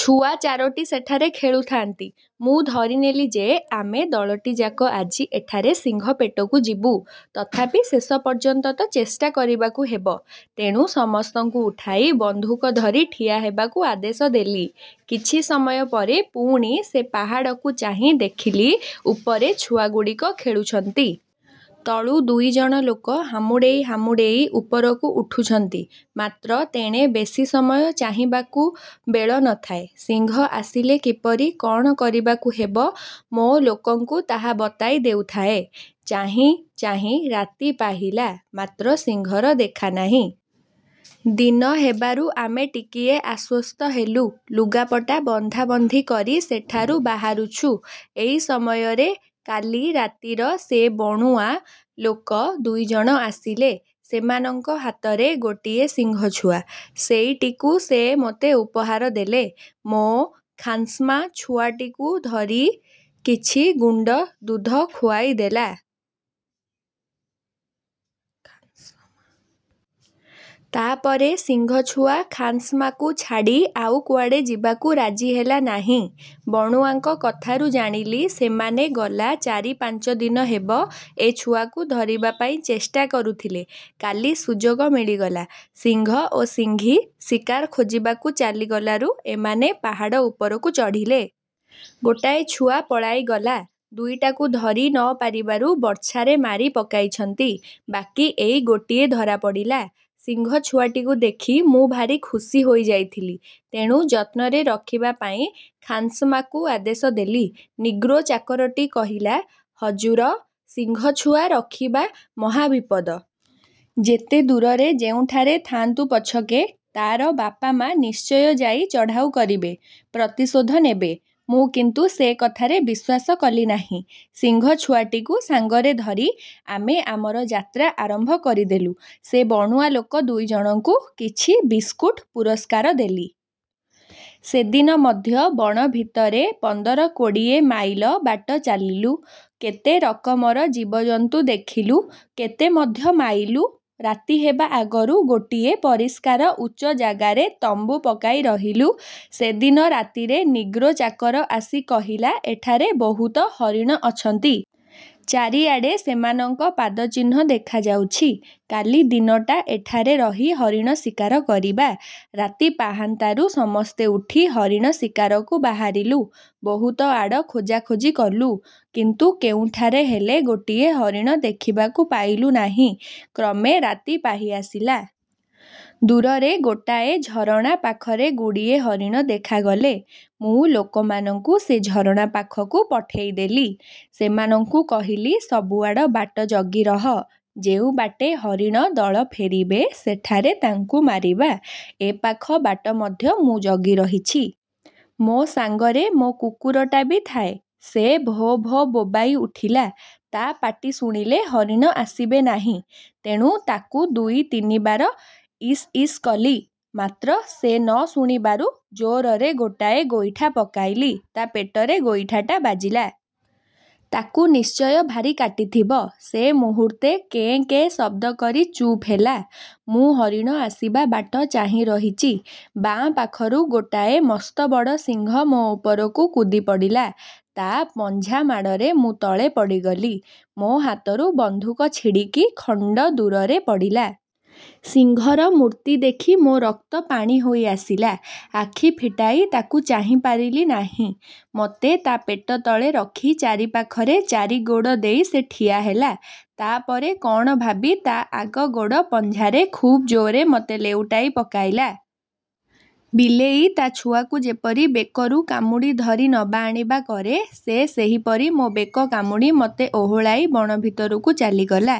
ଛୁଆ ଚାରୋଟି ସେଠାରେ ଖେଳୁଥାଆନ୍ତି। ମୁଁ ଧରିନେଲି ଯେ, ଆମେ ଦଳଟିଯାକ ଆଜି ଏଠାରେ ସିଂହ ପେଟକୁ ଯିବୁ। ତଥାପି ଶେଷ ପର୍ଯ୍ୟନ୍ତ ତ ଚେଷ୍ଟା କରିବାକୁ ହେବ। ତେଣୁ ସମସ୍ତଙ୍କୁ ଉଠାଇ ବନ୍ଧୁକ ଧରି ଠିଆ ହେବାକୁ ଆଦେଶ ଦେଲି। କିଛି ସମୟ ପରେ ପୁଣି ସେ ପାହାଡ଼କୁ ଚାହିଁ ଦେଖିଲି, ଉପରେ ଛୁଆଗୁଡ଼ିକ ଖେଳୁଛନ୍ତି-। ତଳୁ ଦୁଇ ଜଣ ଲୋକ ହାମୁଡ଼େଇ ହାମୁଡ଼େଇ ଉପରକୁ ଉଠୁଛନ୍ତି। ମାତ୍ର ତେଣେ ବେଶୀ ସମୟ ଚାହିଁବାକୁ ବେଳ ନ ଥାଏ। ସିଂହ ଆସିଲେ କିପରି କଅଣ କରିବାକୁ ହେବ, ମୋ ଲୋକଙ୍କୁ ତାହା ବତାଇ ଦେଉଥାଏଁ। ଚାହିଁ ଚାହିଁ ରାତି ପ। ହିଲା; ମାତ୍ର ସିଂହର ଦେଖା ନାହିଁ। ଦିନ ହେବାରୁ ଆମେ ଟିକିଏ ଆଶ୍ୱସ୍ତ ହେଲୁ। ଲୁଗାପଟା ବନ୍ଧାବନ୍ଧି କରି ସେଠାରୁ ବାହାରୁଛୁ, ଏହି ସମୟରେ କ। ଲି ରାତିର ସେ ବଣୁଆ ଲୋକ ଦୁଇ ଜଣ ଆସିଲେ। ସେମାନଙ୍କ ହାତରେ ଗୋଟିଏ ସିଂହଛୁଆ। ସେଇଟିକୁ ସେ ମୋତେ ଉପହାର ଦେଲେ। ମୋ ଖାନ୍ସମା ଛୁଆଟିକୁ ଧରି କିଛି ଗୁଣ୍ଡ ଦୁଧ ଖୁଆଇଦେଲା। ତା'ପରେ ସିଂହଛୁଆ ଖାନ୍ସମାକୁ ଛାଡ଼ି ଆଉ କୁଆଡ଼େ ଯିବାକୁ ରାଜି ହେଲା ନାହିଁ। ବଣୁଆଙ୍କ କଥାରୁ ଜାଣିଲି, ସେମାନେ ଗଲା ଚାରି ପାଞ୍ଚ ଦିନ ହେବ ଏ ଛୁଆକୁ ଧରିବା ପାଇଁ ଚେଷ୍ଟା କରୁଥିଲେ। କାଲି ସୁଯୋଗ ମିଳିଗଲା। ସିଂହ ଓ ସିଂହୀ ଶିକାର ଖୋଜିବାକୁ ଚାଲିଗଲାରୁ ଏମାନେ ପାହାଡ଼ ଉପରକୁ ଚଢ଼ିଲେ। ଗୋଟାଏ ଛୁଆ ପଳାଇଗଲା, ଦୁଇଟାକୁ ଧରି ନ ପାରିବାରୁ ବର୍ଚ୍ଛାରେ ମାରି ପକାଇଛନ୍ତି; ବାକି ଏଇ ଗୋଟିଏ ଧରା ପଡ଼ିଲା। ସିଂହଛୁଆଟିକୁ ଦେଖି ମୁଁ ଭାରି ଖୁସି ହୋଇ ଯାଇଥିଲି; ତେଣୁ ଯତ୍ନରେ ରଖିବା ପାଇଁ ଖାନ୍ସମାକୁ ଆଦେଶ ଦେଲି। ନିଗ୍ରୋ ଚାକରଟି କହିଲା, "ହଜୁର, ସିଂହଛୁଆ ରଖିବା ମହାବିପଦ। ଯେତେ ଦୂରରେ ଯେଉଁଠାରେ ଥାଆନ୍ତୁ ପଛକେ, ତା'ର ବାପ ମା' ନିଶ୍ଚୟ ଯାଇ ଚଢ଼ାଉ କରିବେ, ପ୍ରତିଶୋଧ ନେବେ"। ମୁଁ କିନ୍ତୁ ସେ କଥାରେ ବିଶ୍ୱାସ କଲି ନାହିଁ। ସିଂହଛୁଆଟିକୁ ସାଙ୍ଗରେ ଧରି ଆମେ ଆମର ଯାତ୍ରା ଆରମ୍ଭ କରିଦେଲୁ। ସେ ବଣୁଆଲୋକ ଦୁଇଜଣଙ୍କୁ କିଛି ବିସ୍କୁଟ୍ ପୁରସ୍କାର ଦେଲି। ସେଦିନ ମଧ୍ୟ ବଣ ଭିତରେ ପନ୍ଦର କୋଡ଼ିଏ ମାଇଲ ବାଟ ଚାଲିଲୁ। କେତେ ରକମର ଜୀବଜନ୍ତୁ ଦେଖିଲୁ, କେତେ ମଧ୍ୟ ମାଇଲୁ। ରାତି ହେବା ଆଗରୁ ଗୋଟିଏ ପରିଷ୍କାର ଉଚ୍ଚ ଜାଗାରେ ତମ୍ବୁ ପକାଇ ରହିଲୁ। ସେଦିନ ରାତିରେ ନିଗ୍ରୋ ଚାକର ଆସି କହିଲା, ''ଏଠାରେ ବହୁତ ହରିଣ ଅଛନ୍ତି। ଚାରିଆଡ଼େ ସେମାନଙ୍କ ପାଦ ଚିହ୍ନ ଦେଖାଯାଉଛି। କାଲି ଦିନଟା ଏଠାରେ ରହି ହରିଣ ଶିକାର କରିବା। '' ରାତି ପାହାନ୍ତାରୁ ସମସ୍ତେ ଉଠି ହରିଣ ଶିକାରକୁ ବାହାରିଲୁ। ବହୁତଆଡ଼ ଖୋଜାଖୋଜି କଲୁ; କିନ୍ତୁ କେଉଁଠାରେ ହେଲେ ଗୋଟିଏ ହରିଣ ଦେଖିବାକୁ ପାଇଲୁ ନାହିଁ। କ୍ରମେ ରାତି ପାହିଆସିଲା। ଦୂରରେ ଗୋଟାଏ ଝରଣା ପାଖରେ ଗୁଡ଼ିଏ ହରିଣ ଦେଖାଗଲେ। ମୁଁ ଲୋକମାନଙ୍କୁ ସେ ଝରଣା ପାଖକୁ ପଠାଇଦେଲି। ସେମାନଙ୍କୁ କହିଲି, ସବୁଆଡ଼ ବାଟ ଜଗି ରହ; ଯେଉଁ ବାଟେ ହରିଣ ଦଳ ଫେରିବେ, ସେଠାରେ ତାଙ୍କୁ ମାରିବା। ଏ ପାଖ ବାଟ ମଧ୍ୟ ମୁଁ ଜଗି ରହିଛି। ମୋ ସାଙ୍ଗରେ ମୋ କୁକୁରଟା ବି ଥାଏ। ସେ ଭୋ ଭୋ ବୋବାଇ ଉଠିଲା।। ତା' ପାଟି ଶୁଣିଲେ ହରିଣ ଆସିବେ ନାହିଁ; ତେଣୁ ତାକୁ ଦୁଇ ତିନିବାର ଇସ୍ଇସ୍ କଲି; ମାତ୍ର ସେ ନ ଶୁଣିବାରୁ ଜୋରରେ ଗୋଟାଏ ଗୋଇଠା ପକାଇଲି। ତା' ପେଟରେ ଗୋଇଠାଟା ବାଜିଲା। ତାକୁ ନିଶ୍ଚୟ ଭାରି କାଟିଥିବ। ସେ ମୁହୂର୍ତ୍ତେ କେଁ କେଁ ଶବ୍ଦକରି ଚୁପ୍ ହେଲା। ମୁଁ ହରିଣ ଆସିବା ବାଟ ଚାହିଁ ରହିଛି; ବାଁ ପାଖରୁ ଗୋଟାଏ ମସ୍ତବଡ଼ ସିଂହ ମୋ ଉପରକୁ କୁଦିପଡ଼ିଲା। ତା' ପଞ୍ଝା ମାଡ଼ରେ ମୁଁ ତଳେ ପଡ଼ିଗଲି। ମୋ ହାତରୁ ବନ୍ଧୁକ ଛିଡ଼ିକି ଖଣ୍ଡଦୂରରେ ପଡ଼ିଲା। ସିଂହର ମୂର୍ତ୍ତି ଦେଖି ମୋ ରକ୍ତ ପାଣି ହୋଇଆସିଲା; ଆଖି ଫିଟାଇ ତାକୁ ଚାହିଁପାରିଲି ନାହିଁ। ମୋତେ ତା' ପେଟତଳେ ରଖି ଚାରିପାଖରେ ଚାରି ଗୋଡ଼ ଦେଇ ସେ ଠିଆହେଲା। ତା'ପରେ କଅଣ ଭାବି ତା' ଆଗ ଗୋଡ଼ ପଞ୍ଝାରେ ଖୁବ ଜୋରରେ ମୋତେ ଲେଉଟାଇ ପକାଇଲା-। ବିଲେଇ ତା' ଛୁଆକୁ ଯେପରି ବେକରୁ କାମୁଡ଼ି ଧରି ନବା ଆଣିବା କରେ, ସେ ସେହିପରି ମୋ ବେକ କାମୁଡ଼ି ମୋତେ ଓହଳାଇ ବଣ ଭିତରକୁ ଚାଲିଗଲା।